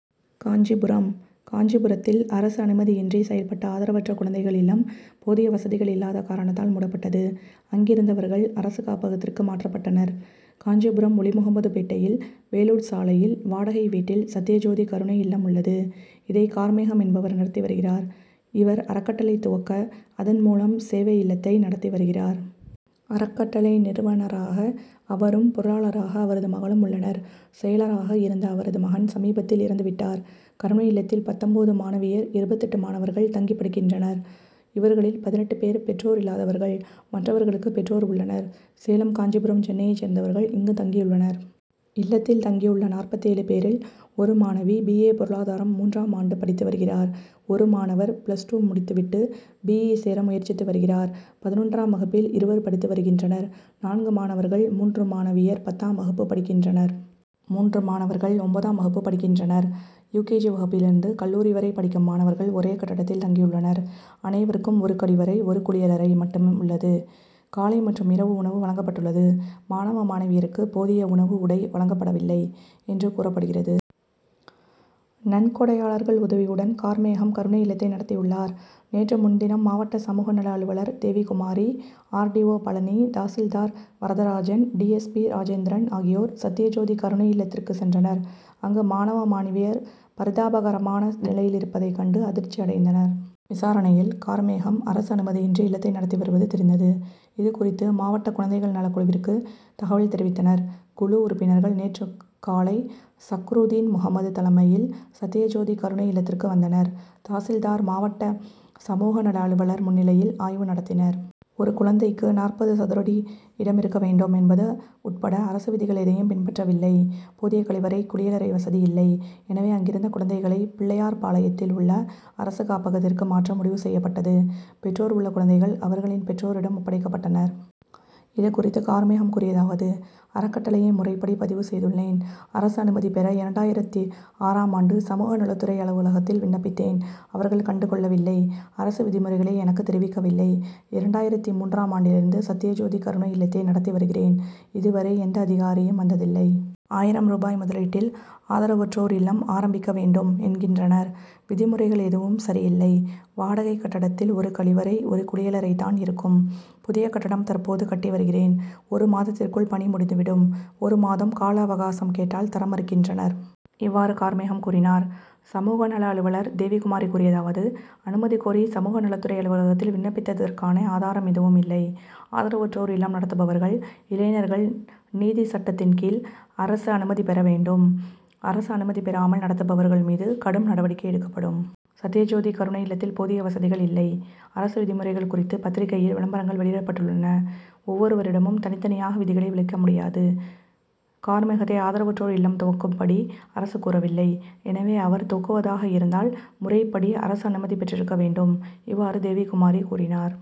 காஞ்சிபுரம் காஞ்சிபுரத்தில் அரசு அனுமதியின்றி செயல்பட்ட ஆதரவற்ற குழந்தைகள் இல்லம், போதிய வசதிகள் இல்லாத காரணத்தால் மூடப்பட்டது. அங்கிருந்தவர்கள், அரசு காப்பகத்திற்கு மாற்றப்பட்டனர். காஞ்சிபுரம் ஒலிமுகமதுபேட்டையில், வேலூர் சாலையில், வாடகை வீட்டில் சத்யஜோதி கருணை இல்லம் உள்ளது. இதை, கார்மேகம் என்பவர் நடத்தி வருகிறார். இவர், அறக்கட்டளை துவக்க அதன் மூலம் சேவை இல்லத்தை நடத்தி வருகிறார். அறக்கட்டளை நிறுவனராக அவரும், பொருளாளராக அவரது மகளும் உள்ளனர். செயலராக இருந்த அவரது மகன், சமீபத்தில் இறந்து விட்டார். கருணை இல்லத்தில் பத்தொன்பது மாணவியர், இருபத்தெட்டு மாணவர்கள் தங்கி படிக்கின்றனர். இவர்களில் பதினெட்டு பேர் பெற்றோர் இல்லாதவர்கள். மற்றவர்களுக்கு பெற்றோர் உள்ளனர். சேலம், காஞ்சிபுரம், சென்னையைச் சேர்ந்தவர்கள் இங்கு தங்கியுள்ளனர். இல்லத்தில் தங்கியுள்ள நாற்பத்தேழு பேரில், ஒரு மாணவி பி. ஏ., பொருளாதாரம் மூன்றாம் ஆண்டு படித்து வருகிறார். ஒரு மாணவர் பிளஸ் டூ முடித்து விட்டு பி. இ., சேர முயற்சித்து வருகிறார். பதினொன்றாம் வகுப்பில் இருவர் படித்து வருகின்றனர். நான்கு மாணவர்கள், மூன்று மாணவியர் பத்தாம் வகுப்பு படிக்கின்றனர். மூன்று மாணவர்கள் ஒன்பதாம் வகுப்பு படிக்கின்றனர். யு. கே. ஜி., வகுப்பிலிருந்து கல்லூரி வரை படிக்கும் மாணவர்கள், ஒரே கட்டடத்தில் தங்கியுள்ளனர். அனைவருக்கும் ஒரு கழிவறை, ஒரு குளியல் அறை மட்டும் உள்ளது. காலை மற்றும் இரவு உணவு வழங்கப்பட்டுள்ளது. மாணவ, மாணவியருக்கு போதிய உணவு, உடை வழங்கப்படவில்லை என்று கூறப்படுகிறது. நன்கொடையாளர்கள் உதவியுடன் கார்மேகம் கருணை இல்லத்தை நடத்தியுள்ளார். நேற்று முன்தினம் மாவட்ட சமூக நல அலுவலர் Devikumari, R. D. O., Palani, tahsildar Varadarajan, D. S. P., Rajendran ஆகியோர், சத்யஜோதி கருணை இல்லத்திற்கு சென்றனர். அங்கு, மாணவ, மாணவியர் பரிதாபகரமான நிலையிலிருப்பதை கண்டு அதிர்ச்சி அடைந்தனர். விசாரணையில், கார்மேகம் அரசு அனுமதியின்றி இல்லத்தை நடத்தி வருவது தெரிந்தது. இது குறித்து, மாவட்ட குழந்தைகள் நலக் குழுவிற்கு தகவல் தெரிவித்தனர். குழு உறுப்பினர்கள் நேற்று காலை சக்ருதீன்முகமது தலைமையில் சத்யஜோதி கருணை இல்லத்திற்கு வந்தனர். தாசில்தார், மாவட்ட சமூக நல அலுவலர் முன்னிலையில் ஆய்வு நடத்தினர். ஒரு குழந்தைக்கு நாற்பது சதுரடி இடமிருக்க வேண்டும் என்பது உட்பட அரசு விதிகள் எதையும் பின்பற்றவில்லை. போதிய கழிவறை, குளியல் அறை வசதி இல்லை. எனவே, அங்கிருந்த குழந்தைகளை பிள்ளையார்பாளையத்தில் உள்ள அரசு காப்பகத்திற்கு மாற்ற முடிவு செய்யப்பட்டது. பெற்றோர் உள்ள குழந்தைகள் அவர்களின் பெற்றோரிடம் ஒப்படைக்கப்பட்டனர். இது குறித்து கார்மேகம் கூறியதாவது:அறக்கட்டளையை முறைப்படி பதிவு செய்துள்ளேன். அரசு அனுமதி பெற இரண்டாயிரத்து ஆறாம் ஆண்டு சமூக நலத்துறை அலுவலகத்தில் விண்ணப்பித்தேன். அவர்கள் கண்டுகொள்ளவில்லை. அரசு விதிமுறைகளை எனக்கு தெரிவிக்கவில்லை. இரண்டாயிரத்து மூன்றாம் ஆண்டிலிருந்து சத்யஜோதி கருணை இல்லத்தை நடத்தி வருகிறேன். இதுவரை எந்த அதிகாரியும் வந்ததில்லை. ஆயிரம் ரூபாய் முதலீட்டில் ஆதரவற்றோர் இல்லம் ஆரம்பிக்க வேண்டும் என்கின்றனர். விதிமுறைகள் எதுவும் சரியில்லை. வாடகை கட்டடத்தில் ஒரு கழிவறை, ஒரு குளியல் அறை தான் இருக்கும். புதிய கட்டடம் தற்போது கட்டி வருகிறேன். ஒரு மாத்திற்குள் பணி முடிந்துவிடும். ஒரு மாதம் கால அவகாசம் கேட்டால் தர மறுக்கின்றனர். இவ்வாறு கார்மேகம் கூறினார். சமூக நல அலுவலர் தேவிகுமாரி கூறியதாவது:அனுமதி கோரி சமூக நலத்துறை அலுவலகத்தில் விண்ணப்பித்ததற்கான ஆதாரம் எதுவும் இல்லை. ஆதரவற்றோர் இல்லம் நடத்துபவர்கள், இளைஞர்கள் நீதி சட்டத்தின் கீழ் அரசு அனுமதி பெற வேண்டும். அரசு அனுமதி பெறாமல் நடத்துபவர்கள் மீது கடும் நடவடிக்கை எடுக்கப்படும். சத்யஜோதி கருணை இல்லத்தில் போதிய வசதிகள் இல்லை. அரசு விதிமுறைகள் குறித்து பத்திரிகையில் விளம்பரங்கள் வெளியிடப்பட்டுள்ளன. ஒவ்வொருவரிடமும் தனித்தனியாக விதிகளை விளக்க முடியாது. கார்மேகத்தை ஆதரவற்றோர் இல்லம் துவக்கும்படி அரசு கூறவில்லை. எனவே, அவர் துவக்குவதாக இருந்தால் முறைப்படி அரசு அனுமதி பெற்றிருக்க வேண்டும். இவ்வாறு தேவிகுமாரி கூறினார்.